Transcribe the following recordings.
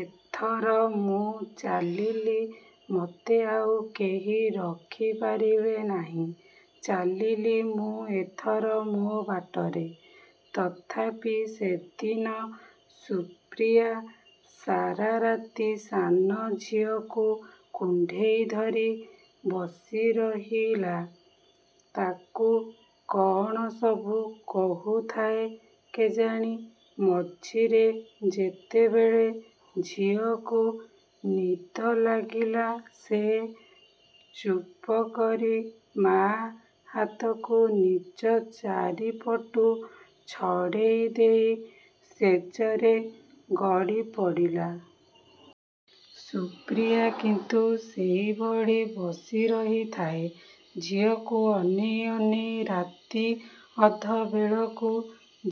ଏଥର ମୁଁ ଚାଲିଲି। ମତେ ଆଉ କେହି ରଖିପାରିବେ ନାହିଁ। ଚାଲିଲି ମୁଁ ଏଥର ମୋ ବାଟରେ! ତଥାପି ସେଦିନ ସୁପ୍ରିୟା ସାରା ରାତି ସାନଝିଅକୁ କୁଣ୍ଢେଇ ଧରି ବସିରହିଲା। ତାକୁ କଅଣ ସବୁ କହୁଥାଏ କେଜାଣି। ମଝିରେ ଯେତେବେଳେ ଝିଅକୁ ନିଦ ଲାଗିଲା, ସେ ଚୁପକରି ମା' ହାତକୁ ନିଜ ଚାରିପଟୁ ଛଡ଼େଇ ଦେଇ ଶେଯରେ ଗଡ଼ିପଡ଼ିଲା। ସୁପ୍ରିୟା କିନ୍ତୁ ସେଇଭଳି ବସିରହିଥାଏ, ଝିଅକୁ ଅନେଇ ଅନେଇ। ରାତି ଅଧବେଳକୁ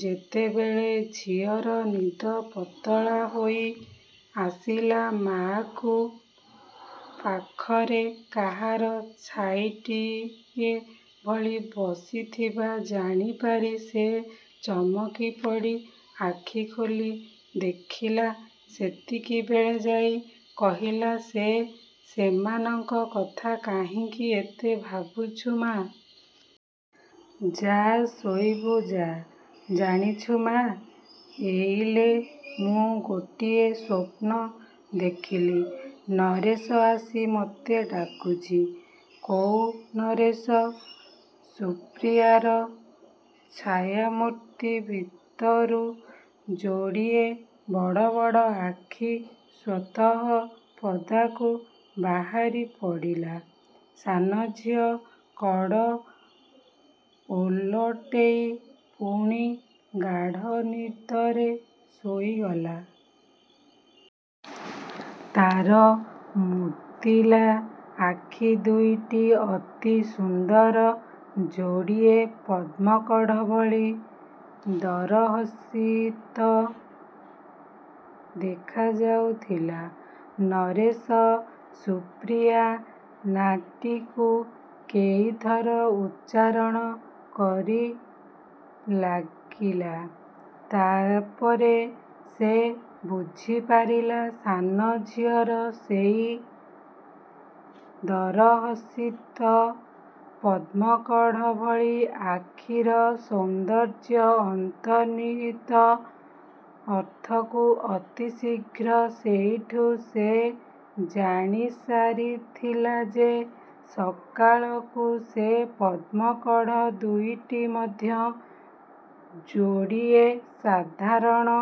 ଯେତେବେଳେ ଝିଅର ନିଦ ପତଳା ହୋଇଆସିଲା, ମା'କୁ ପାଖରେ କାହାର ଛାଇଟିଏ ଭଳି ବସିଥିବା ଜାଣିପାରି ସେ ଚମକିପଡ଼ି ଆଖି ଖୋଲି ଦେଖିଲା। ସେତିକିବେଳେ ଯାଇ କହିଲା ସେ, ସେମାନଙ୍କ କଥା କାହିଁକି ଏତେ ଭାବୁଛୁ ମା! ଯା ଶୋଇବୁ ଯା। ଜାଣିଛୁ ମା, ଏଇଲେ ମୁଁ ଗୋଟିଏ ସ୍ୱପ୍ନ ଦେଖିଲି। ନରେଶ ଆସି ମତେ ଡାକୁଛି! କୋଉ ନରେଶ? ସୁପ୍ରିୟାର ଛାୟାମୂର୍ତ୍ତି ଭିତରୁ ଯୋଡ଼ିଏ ବଡ଼ ବଡ଼ ଆଖି ସ୍ୱତଃ ପଦାକୁ ବାହାରିପଡ଼ିଲା। ସାନଝିଅ କଡ଼ ଓଲଟେଇ ପୁଣି ଗାଢ଼ ନିଦରେ ଶୋଇଗଲା। ତାର ମୁଦିଲା ଆଖି ଦୁଇଟି ଅତି ସୁନ୍ଦର ଯୋଡ଼ିଏ ପଦ୍ମକଢ଼ ଭଳି ଦରହସିତ ଦେଖାଯାଉଥିଲା। ନରେଶ! ସୁପ୍ରିୟା ନାଁଟିକୁ କେଇଥର ଉଚ୍ଚାରଣ କରିଲାଗିଲା। ତା'ପରେ ସେ ବୁଝିପାରିଲା ସାନଝିଅର ସେଇ ଦରହସିତ ପଦ୍ମକଢ଼ ଭଳି ଆଖିର ସୌନ୍ଦର୍ଯ୍ୟ ଅନ୍ତର୍ନିହିତ ଅର୍ଥକୁ ଅତି ଶୀଘ୍ର। ସେଇଠୁ ସେ ଜାଣିସାରିଥିଲା ଯେ ସକାଳକୁ ସେ ପଦ୍ମକଢ଼ ଦୁଇଟି ମଧ୍ୟ ଯୋଡ଼ିଏ ସାଧାରଣ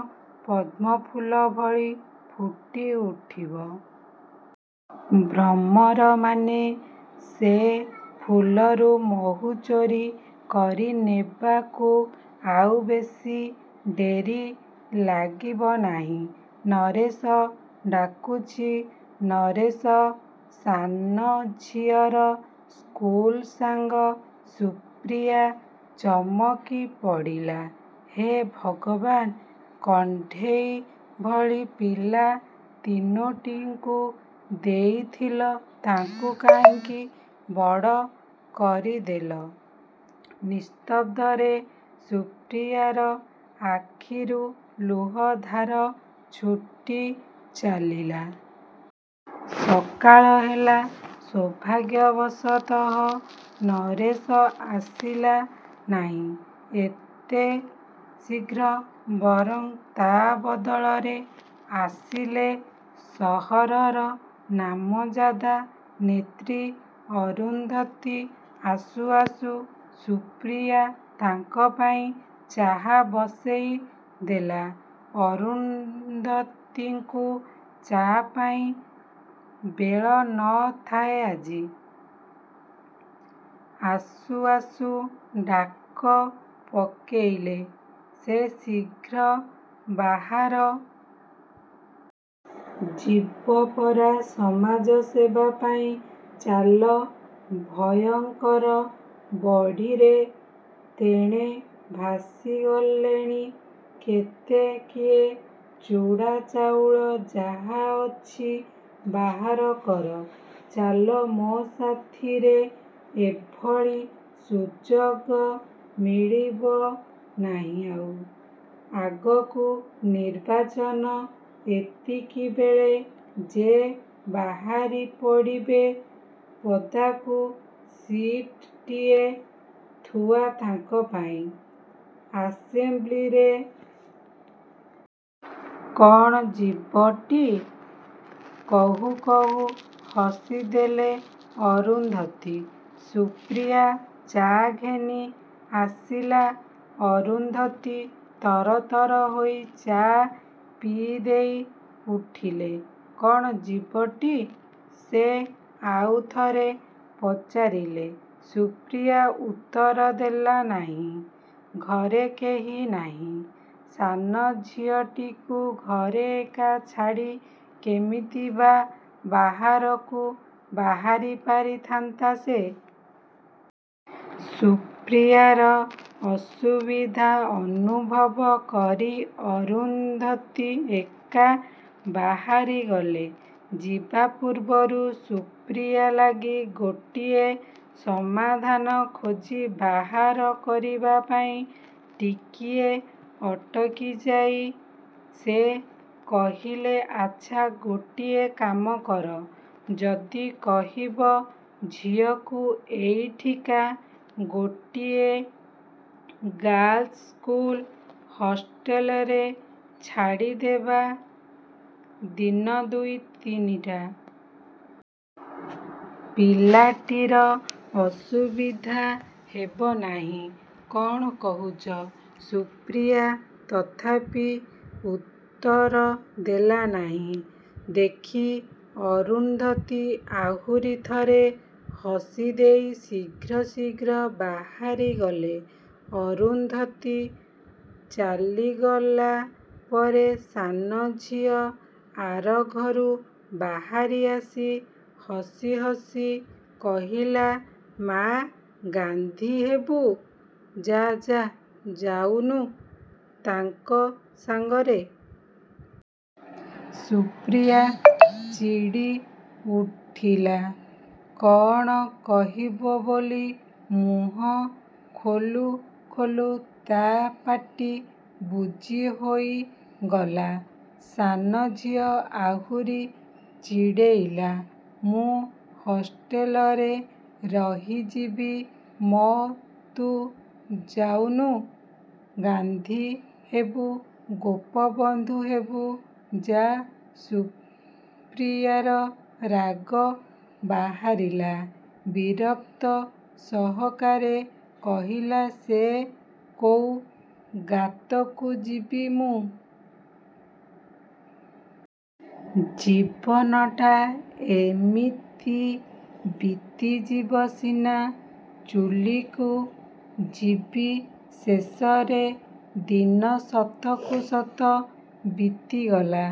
ପଦ୍ମଫୁଲ ଭଳି ଫୁଟିଉଠିବ। ଭ୍ରମରମାନେ ସେ ଫୁଲରୁ ମହୁ ଚୋରି କରିନେବାକୁ ଆଉ ବେଶୀ ଡେରି ଲାଗିବ ନାହିଁ। ନରେଶ ଡାକୁଛି! ନରେଶ ସାନଝିଅର ସ୍କୁଲ ସାଙ୍ଗ। ସୁପ୍ରିୟା ଚମକିପଡ଼ିଲା। ହେ ଭଗବାନ! କଣ୍ଢେଇ ଭଳି ପିଲା ତିନୋଟିଙ୍କୁ ଦେଇଥିଲ, ତାଙ୍କୁ କାହିଁକି ବଡ଼ କରିଦେଲ! ନିସ୍ତବ୍ଧରେ ସୁପ୍ରିୟାର ଆଖିରୁ ଲୁହ ଧାର ଛୁଟି ଚାଲିଲା। ସକାଳ ହେଲା। ସୌଭାଗ୍ୟବଶତଃ ନରେଶ ଆସିଲା ନାହିଁ ଏତେ ଶୀଘ୍ର। ବରଂ ତା' ବଦଳରେ ଆସିଲେ ସହରର ନାମଜାଦା ନେତ୍ରୀ ଅରୁନ୍ଧତୀ! ଆସୁ ଆସୁ ସୁପ୍ରିୟା ତାଙ୍କ ପାଇଁ ଚାହା ବସେଇଦେଲା। ଅରୁନ୍ଧତୀଙ୍କୁ ଚା' ପାଇଁ ବେଳ ନ ଥାଏ ଆଜି। ଆସୁ ଆସୁ ଡାକ ପକେଇଲେ ସେ, ଶୀଘ୍ର ବାହାର। ଯିବ ପରା ସମାଜସେବା ପାଇଁ। ଚାଲ, ଭୟଙ୍କର ବଢ଼ିରେ ତେଣେ ଭାସିଗଲେଣି କେତେ କିଏ। ଚୂଡ଼ା ଚାଉଳ ଯାହା ଅଛି ବାହାର କର। ଚାଲ ମୋ ସାଥିରେ। ଏଭଳି ସୁଯୋଗ ମିଳିବ ନାହିଁ ଆଉ। ଆଗକୁ ନିର୍ବାଚନ। ଏତିକିବେଳେ ଯେ ବାହାରିପଡ଼ିବେ ପଦାକୁ ସିଟ୍‌ଟିଏ ଥୁଆ ତାଙ୍କ ପାଇଁ ଆସେମ୍ବ୍ଲିରେ। କ'ଣ ଯିବଟି? କହୁ କହୁ ହସିଦେଲେ ଅରୁନ୍ଧତୀ। ସୁପ୍ରିୟା ଚା' ଘେନି ଆସିଲା। ଅରୁନ୍ଧତୀ ତରତର ହୋଇ ଚା' ପିଇଦେଇ ଉଠିଲେ। କ'ଣ ଯିବଟି? ସେ ଆଉ ଥରେ ପଚାରିଲେ। ସୁପ୍ରିୟା ଉତ୍ତର ଦେଲା ନାହିଁ। ଘରେ କେହି ନାହିଁ। ସାନଝିଅଟିକୁ ଘରେ ଏକା ଛାଡ଼ି କେମିତି ବା ବାହାରକୁ ବାହାରିପାରିଥାନ୍ତା ସେ। ସୁପ୍ରିୟାର ଅସୁବିଧା ଅନୁଭବ କରି ଅରୁନ୍ଧତୀ ଏକା ବାହାରିଗଲେ। ଯିବା ପୂର୍ବରୁ ସୁପ୍ରିୟା ଲାଗି ଗୋଟିଏ ସମାଧାନ ଖୋଜି ବାହାର କରିବା ପାଇଁ ଟିକିଏ ଅଟକିଯାଇ ସେ କହିଲେ, ଆଚ୍ଛା, ଗୋଟିଏ କାମ କର। ଯଦି କହିବ ଝିଅକୁ ଏଇଠିକା ଗୋଟିଏ ଗାର୍ଲସ ସ୍କୁଲ ହଷ୍ଟେଲରେ ଛାଡ଼ିଦେବା, ଦିନ ଦୁଇ ତିନିଟା। ପିଲାଟାର ଅସୁବିଧା ହେବ ନାହିଁ। କ'ଣ କହୁଛ? ସୁପ୍ରିୟା ତଥାପି ଉତ୍ତର ଦେଲା ନାହିଁ ଦେଖି ଅରୁନ୍ଧତୀ ଆହୁରି ଥରେ ହସିଦେଇ ଶୀଘ୍ର ଶୀଘ୍ର ବାହାରିଗଲେ। ଅରୁନ୍ଧତୀ ଚାଲିଗଲା ପରେ ସାନଝିଅ ଆରଘରୁ ବାହାରିଆସି ହସିହସି କହିଲା, ମା, ଗାନ୍ଧୀ ହେବୁ? ଯା ଯା, ଯାଉନୁ ତାଙ୍କ ସାଙ୍ଗରେ। ସୁପ୍ରିୟା ଚିଡ଼ିଉଠିଲା। କଅଣ କହିବ ବୋଲି ମୁହଁ ଖୋଲୁ ଖୋଲୁ ତା' ପାଟି ବୁଜିହୋଇଗଲା। ସାନଝିଅ ଆହୁରି ଚିଡ଼େଇଲା, ମୁଁ ହଷ୍ଟେଲରେ ରହିଯିବି ମ! ତୁ ଯାଉନୁ ଗାନ୍ଧୀ ହେବୁ ଗୋପବନ୍ଧୁ ହେବୁ, ଯା! ସୁପ୍ରିୟାର ରାଗ ବାହାରିଲା। ବିରକ୍ତି ସହକାରେ କହିଲା ସେ, କୋଉ ଗାତକୁ ଯିବି ମୁଁ! ଜୀବନଟା ଏମିତି ବିତିଯିବ ସିନା, ଚୁଲିକୁ ଯିବି ଶେଷରେ। ଦିନ ସତକୁ ସତ ବିତିଗଲା।